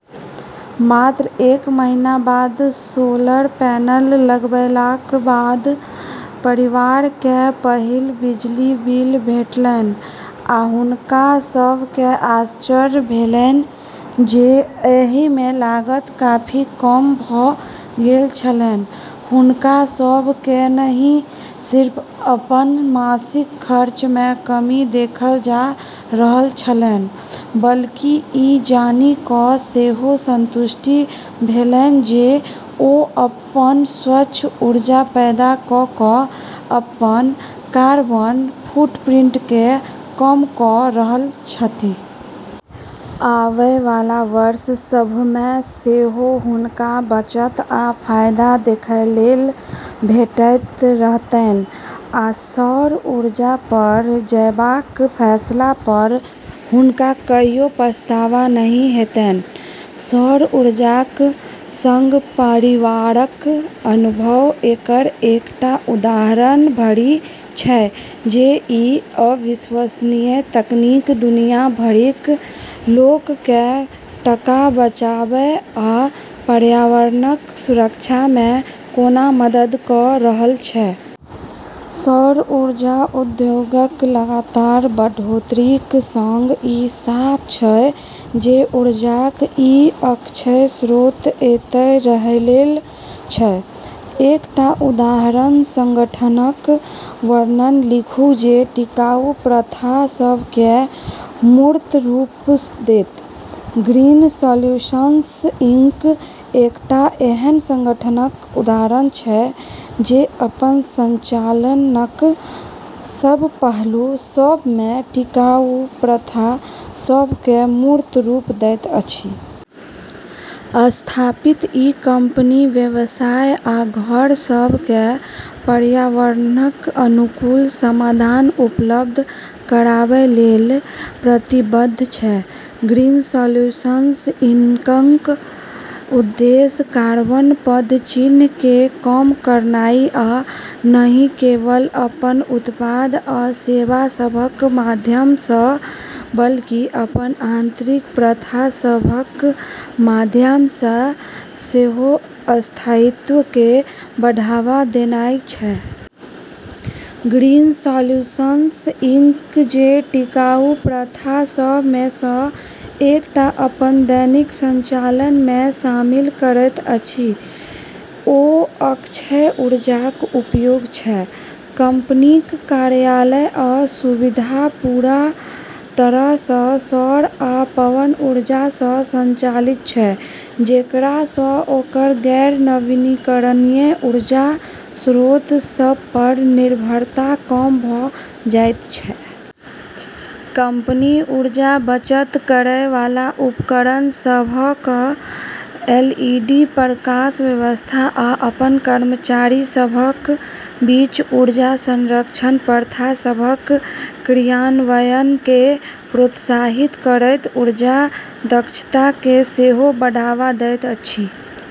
मात्र एक महीना बाद सोलर पैनल लगबैलाक बाद परिवारकेँ पहिल बिजली बिल भेटलैन, आ हुनका सभकेँ आश्चर्य भेलैन जे एहिमे लागत काफी कम भऽ गेल छलैन। हुनका सभकेँ नहि सिर्फ अपन मासिक खर्चमे कमी देखल जा रहल छलैन, बल्कि ई जानि कऽ सेहो संतुष्टि भेलैन जे ओ अपन स्वच्छ ऊर्जा पैदा कऽ कऽ अपन कार्बन फुटप्रिंटकेँ कम कऽ रहल छथि। आवै वाला वर्ष सभमे सेहो हुनका बचत आ फायदा देखैलेल भेटैत रहतैन, आ सौर ऊर्जापर जयबाक फैसलापर हुनका कहियो पछतावा नहि हेतैन। सौर ऊर्जाक संग परिवारक अनुभव एकर एकटा उदाहरण भरि छै जे ई अविश्वसनीय तकनीक दुनिया भरिक लोककेँ टका बचाबै आ पर्यावरणक सुरक्षामे कोना मदद कऽ रहल छै। सौर ऊर्जा उद्योगक लगातार बढ़ोत्तरीक संग ई साफ छै जे ऊर्जाक ई अक्षय स्रोत एतय रहैलेल छै। एकटा उदाहरण संगठनक वर्णन लिखू जे टिकाऊ प्रथा सभकेँ मूर्त रूप देत। ग्रीन सॉल्यूशंस इंक एकटा एहन संगठनक उदाहरण छै जे अपन संचालनक सब पहलू सभमे टिकाऊ प्रथा सभकेँ मूर्त रूप दैत अछि। स्थापित ई कंपनी व्यवसाय आ घर सभकेँ पर्यावरणक अनुकूल समाधान उपलब्ध कराबैलेल प्रतिबद्ध छै। ग्रीन सॉल्यूशंस इंकक उद्देश्य कार्बन पदचिह्नकेँ कम करनाइ आ नहि केवल अपन उत्पाद आ सेवा सभक माध्यमसँ बल्कि अपन आंतरिक प्रथा सभक माध्यमसँ सेहो स्थायित्वकेँ बढ़ावा देनाइ छै। ग्रीन सॉल्यूशंस इंक जे टिकाऊ प्रथा सभमेसँ एकटा अपन दैनिक संचालनमे शामिल करैत अछि, ओ अक्षय ऊर्जाक उपयोग छै। कंपनीक कार्यालय आ सुविधा पूरा तरहसँ सौर आ पवन ऊर्जासँ संचालित छै, जेकरासँ ओकर गैर-नवीनीकरणीय ऊर्जा स्रोत सभपर निर्भरता कम भऽ जाइत छै। कंपनी ऊर्जा बचत करै वाला उपकरण सभक, एलईडी प्रकाश व्यवस्था, आ अपन कर्मचारी सभक बीच ऊर्जा संरक्षण प्रथा सभक क्रियान्वयनकेँ प्रोत्साहित करैत ऊर्जा दक्षताकेँ सेहो बढ़ावा दैत अछि।